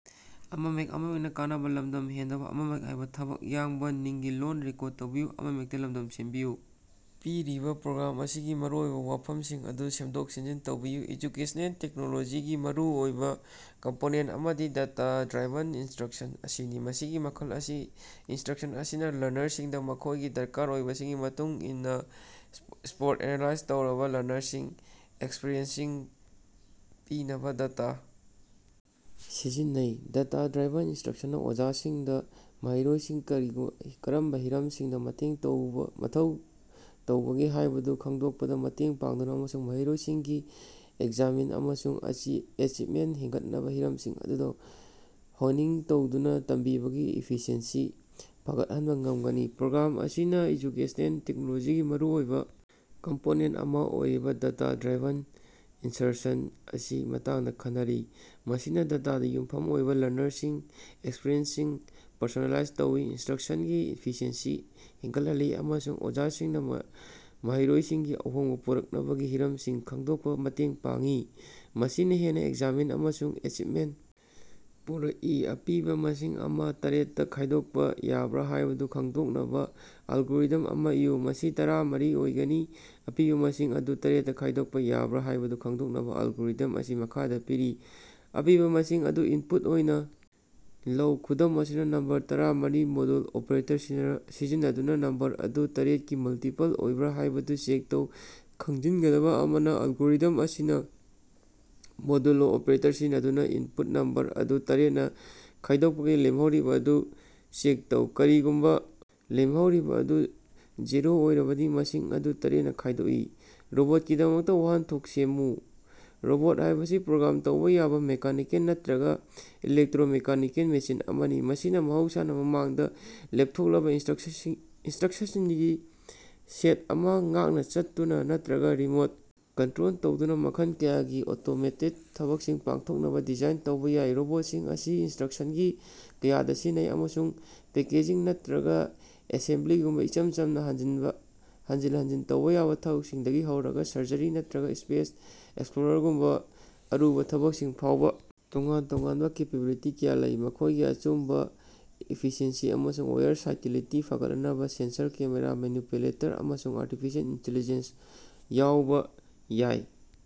ꯄꯤꯔꯤꯕ ꯄꯦꯔꯥꯒ꯭ꯔꯥꯐ ꯑꯁꯤꯒꯤ ꯃꯔꯨꯑꯣꯏꯕ ꯋꯥꯐꯝꯁꯤꯡ ꯑꯗꯨ ꯁꯦꯝꯗꯣꯛ-ꯁꯦꯝꯖꯤꯟ ꯇꯧꯕꯤꯌꯨ꯫ ꯑꯦꯖꯨꯀꯦꯁꯅꯦꯜ ꯇꯦꯛꯅꯣꯂꯣꯖꯤꯒꯤ ꯃꯔꯨꯑꯣꯏꯕ ꯀꯝꯄꯣꯅꯦꯟꯇ ꯑꯃꯗꯤ ꯗꯦꯇꯥ-ꯗ꯭ꯔꯥꯏꯚꯟ ꯏꯟꯁꯇ꯭ꯔꯛꯁꯟ ꯑꯁꯤꯅꯤ꯫ ꯃꯁꯤꯒꯤ ꯃꯈꯜ ꯑꯁꯤꯒꯤ ꯏꯅꯁꯇ꯭ꯔꯛꯁꯟ ꯑꯁꯤꯅ ꯂꯔꯅꯔꯁꯤꯡꯗ ꯃꯈꯣꯏꯒꯤ ꯗꯔꯀꯥꯔ ꯑꯣꯏꯕꯁꯤꯡꯒꯤ ꯃꯇꯨꯡ ꯏꯟꯅ ꯄꯔꯁꯣꯅꯦꯂꯥꯏꯖ ꯇꯧꯔꯕ ꯂꯔꯅꯤꯡ ꯑꯦꯛꯁꯄꯤꯔꯤꯑꯦꯟꯁꯁꯤꯡ ꯄꯤꯅꯕ ꯗꯥꯇꯥ ꯁꯤꯖꯤꯟꯅꯩ꯫ ꯗꯥꯇꯥ-ꯗ꯭ꯔꯥꯏꯚꯟ ꯏꯟꯁꯇ꯭ꯔꯛꯁꯟꯅ ꯑꯣꯖꯥꯁꯤꯡꯗ ꯃꯍꯩꯔꯣꯏꯁꯤꯡꯅ ꯀꯔꯤꯅꯣ ꯀꯔꯝꯕ ꯍꯤꯔꯝꯁꯤꯡꯗ ꯃꯇꯦꯡ ꯇꯧꯕ ꯃꯇꯦꯡ ꯇꯧꯕꯒꯦ ꯍꯥꯏꯕꯗꯨ ꯈꯪꯗꯣꯛꯄꯗ ꯃꯇꯦꯡ ꯄꯥꯡꯗꯨꯅ ꯑꯃꯁꯨꯡ ꯃꯍꯩꯔꯣꯏꯁꯤꯡꯒꯤ ꯑꯦꯛꯖꯥꯝꯃꯦꯟꯇ ꯑꯃꯁꯨꯡ ꯑꯦꯆꯤꯕꯃꯦꯟꯇ ꯍꯦꯟꯒꯠꯍꯟꯅꯕ ꯍꯤꯔꯝꯁꯤꯡ ꯑꯗꯨꯗ ꯍꯣꯅꯤꯡ ꯇꯧꯗꯨꯅ ꯇꯝꯕꯤꯕꯒꯤ ꯏꯐꯤꯁꯤꯑꯦꯟꯁꯤ ꯐꯒꯠꯍꯟꯕ ꯉꯝꯒꯅꯤ꯫ ꯄꯦꯔꯥꯒ꯭ꯔꯥꯐ ꯑꯁꯤꯅ ꯑꯦꯖꯨꯀꯦꯁ꯭ꯅꯦꯜ ꯇꯦꯛꯅꯣꯂꯣꯖꯤꯒꯤ ꯃꯔꯨꯑꯣꯏꯕ ꯀꯝꯄꯣꯅꯦꯟꯇ ꯑꯃ ꯑꯣꯏꯔꯤꯕ ꯗꯥꯇꯥ-ꯗ꯭ꯔꯥꯏꯚꯟ ꯏꯟꯁꯠꯔꯛꯁꯟ ꯒꯤ ꯃꯇꯥꯡꯗ ꯈꯟꯅꯔꯤ, ꯃꯁꯤꯅ ꯗꯥꯇꯥꯗ ꯌꯨꯝꯐꯝ ꯑꯣꯏꯕ ꯂꯔꯅꯤꯡ ꯑꯦꯛꯁꯄꯤꯔꯤꯑꯦꯟꯁꯁꯤꯡ ꯄꯔꯁꯣꯅꯦꯂꯥꯏꯖ ꯇꯧꯏ, ꯏꯟꯁꯇ꯭ꯔꯛꯁꯟꯒꯤ ꯏꯐꯤꯁꯤꯑꯦꯟꯁꯤ ꯍꯦꯟꯒꯠꯍꯜꯂꯤ, ꯑꯃꯁꯨꯡ ꯑꯣꯖꯥꯁꯤꯡꯅ ꯃꯍꯩꯔꯣꯏꯁꯤꯡꯒꯤ ꯑꯍꯣꯡꯕ ꯄꯨꯔꯛꯅꯕꯒꯤ ꯍꯤꯔꯝꯁꯤꯡ ꯈꯪꯗꯣꯛꯄꯗ ꯃꯇꯦꯡ ꯄꯥꯡꯏ, ꯃꯁꯤꯅ ꯍꯦꯟꯅ ꯑꯦꯛꯖꯥꯝꯃꯦꯟꯇ ꯑꯃꯁꯨꯡ ꯑꯦꯆꯤꯕꯃꯦꯟꯇ ꯄꯨꯔꯛꯏ꯫ ꯑꯄꯤꯕ ꯃꯁꯤꯡ ꯑꯃ ꯇꯔꯦꯠꯇ‌ꯥ ꯈꯥꯏꯗꯣꯛꯄ ꯌꯥꯕ꯭ꯔꯥ ꯍꯥꯏꯕꯗꯨ ꯈꯉꯗꯣꯛꯅꯕ ꯑꯦꯜꯒꯣꯔꯤꯊꯝ ꯑꯃ ꯏꯌꯨ꯫ ꯃꯁꯤꯡ ꯇꯔꯥꯃꯔꯤ ꯑꯣꯏꯒꯅꯤ, ꯑꯄꯤꯕ ꯃꯁꯤꯡ ꯑꯃ ꯇꯔꯦꯠꯅꯥ ꯈꯥꯏꯗꯣꯛꯄ ꯌꯥꯕ꯭ꯔꯥ ꯍꯥꯏꯕꯗꯨ ꯈꯪꯗꯣꯛꯅꯕ ꯑꯦꯜꯒꯣꯔꯤꯊꯝ ꯑꯁꯤ ꯃꯈꯥꯗ ꯄꯤꯔꯤ - ꯑꯄꯤꯕ ꯃꯁꯤꯡ ꯑꯗꯨ ꯏꯟꯄꯨꯠ ꯑꯣꯏꯅ ꯂꯧ꯫ ꯈꯨꯗꯝ ꯑꯁꯤꯗ, ꯅꯝꯕꯔ ꯇꯔꯥꯃꯔꯤ ꯃꯣꯗꯨꯂꯣ ꯑꯣꯄ꯭ꯔꯦꯇꯔ ꯁꯤꯖꯤꯟꯅꯗꯨꯅ ꯅꯝꯕꯔ ꯑꯗꯨ ꯇꯔꯦꯠꯀꯤ ꯃꯜꯇꯤꯄꯜ ꯑꯣꯏꯕ꯭ꯔꯥ ꯍꯥꯏꯕꯗꯨ ꯆꯦꯛ ꯇꯧ꯫ ꯈꯪꯖꯤꯟꯒꯗꯕ ꯑꯃꯅ, ꯑꯦꯜꯒꯣꯔꯤꯊꯝ ꯑꯁꯤꯅ ꯃꯣꯗꯨꯂꯣ ꯑꯣꯄ꯭ꯔꯦꯇꯔ ꯁꯤꯖꯤꯟꯅꯗꯨꯅ ꯏꯟꯄꯨꯠ ꯅꯝꯕꯔ ꯑꯗꯨ ꯇꯔꯦꯠꯅꯥ ꯈꯥꯏꯗꯣꯛꯄꯒꯤ ꯂꯦꯝꯍꯧꯔꯤꯕ ꯑꯗꯨ ꯆꯦꯛ ꯇꯧꯏ꯫ ꯀꯔꯤꯒꯨꯝꯕ ꯂꯦꯝꯍꯧꯔꯤꯕ ꯑꯗꯨ ꯖꯦꯔꯣ ꯑꯣꯏꯔꯕꯗꯤ, ꯃꯁꯤꯡ ꯑꯗꯨ ꯇꯔꯦꯠꯅꯥ ꯈꯥꯏꯗꯣꯛꯏ꯫ ꯔꯣꯕꯣꯠꯀꯤꯗꯃꯛ ꯋꯥꯍꯟꯊꯣꯛ ꯑꯃ‌ ꯁꯦꯝꯃꯨ꯫ ꯔꯣꯕꯣꯠ ꯍꯥꯏꯕꯁꯤ ꯄ꯭ꯔꯣꯒ꯭ꯔꯥꯝ ꯇꯧꯕ ꯌꯥꯕ ꯃꯦꯀꯥꯅꯤꯀꯦꯜ ꯅꯠꯇꯔꯒ ꯏꯂꯦꯛꯇꯔꯣ-ꯃꯦꯀꯥꯅꯤꯀꯦꯜ ꯃꯦꯁꯤꯟ ꯑꯃꯅꯤ, ꯃꯁꯤ ꯃꯍꯧꯁꯥꯅ ꯃꯃꯥꯡꯗ ꯂꯦꯞꯊꯣꯛꯂꯕ ꯏꯟꯁꯇ꯭ꯔꯛꯁꯁꯤꯡꯒꯤ ꯁꯦꯠ ꯑꯃ ꯉꯥꯛꯅ ꯆꯠꯇꯨꯅ ꯅꯠꯇꯔꯒ ꯔꯤꯃꯣꯠ ꯀꯟꯇꯔꯣꯜ ꯇꯧꯗꯨꯅ ꯃꯈꯜ ꯀꯌꯥꯒꯤ ꯑꯣꯇꯣꯃꯦꯇꯦꯗ ꯊꯕꯛꯁꯤꯡ ꯄꯥꯡꯊꯣꯛꯅꯕ ꯗꯤꯖꯥꯏꯟ ꯇꯧꯕ ꯌꯥꯏ꯫ ꯔꯣꯕꯣꯠꯁꯤꯡ ꯑꯁꯤ ꯏꯟꯗ꯭ꯁꯇꯔꯤ ꯀꯌꯥꯗ ꯁꯤꯖꯤꯟꯅꯩ ꯑꯃꯁꯨꯡ ꯄꯦꯀꯦꯖꯤꯡ ꯅꯠꯇꯔꯒ ꯑꯦꯁꯦꯝꯕ꯭ꯂꯤꯒꯨꯝꯕ ꯏꯆꯝ ꯆꯝꯕ ꯍꯟꯖꯤꯟ ꯍꯟꯖꯤꯟ ꯇꯧꯕ ꯊꯕꯛꯁꯤꯡꯗꯒꯤ ꯍꯧꯔꯒ ꯁꯔꯖꯔꯤ ꯅꯠꯇꯔꯒ ꯁ꯭ꯄꯦꯁ ꯑꯦꯛꯁꯄ꯭ꯂꯣꯔꯦꯁꯟꯒꯨꯝꯕ ꯑꯔꯨꯕ ꯊꯕꯛꯁꯤꯡ ꯐꯥꯎꯕ ꯇꯣꯉꯥꯟ ꯇꯣꯉꯥꯟꯕ ꯀꯦꯄꯦꯕꯤꯂꯤꯇꯤ ꯀꯌꯥ ꯂꯩ꯫ ꯃꯈꯣꯏꯒꯤ ꯑꯆꯨꯝꯕ, ꯏꯐꯤꯁꯤꯑꯦꯟꯁꯤ ꯑꯃꯁꯨꯡ ꯋꯥꯔꯁꯥꯏꯇꯤꯂꯤꯇꯤ ꯐꯒꯠꯍꯟꯅꯕ ꯁꯦꯟꯁꯔ, ꯀꯦꯃꯦꯔꯥ, ꯃꯦꯅꯤꯄꯨꯂꯦꯇꯔ, ꯑꯃꯁꯨꯡ ꯑꯥꯔꯇꯤꯐꯤꯁꯤꯑꯦꯜ ꯏꯟꯇꯤꯂꯤꯖꯦꯟꯁ ꯌꯥꯎꯕ ꯌꯥꯏ꯫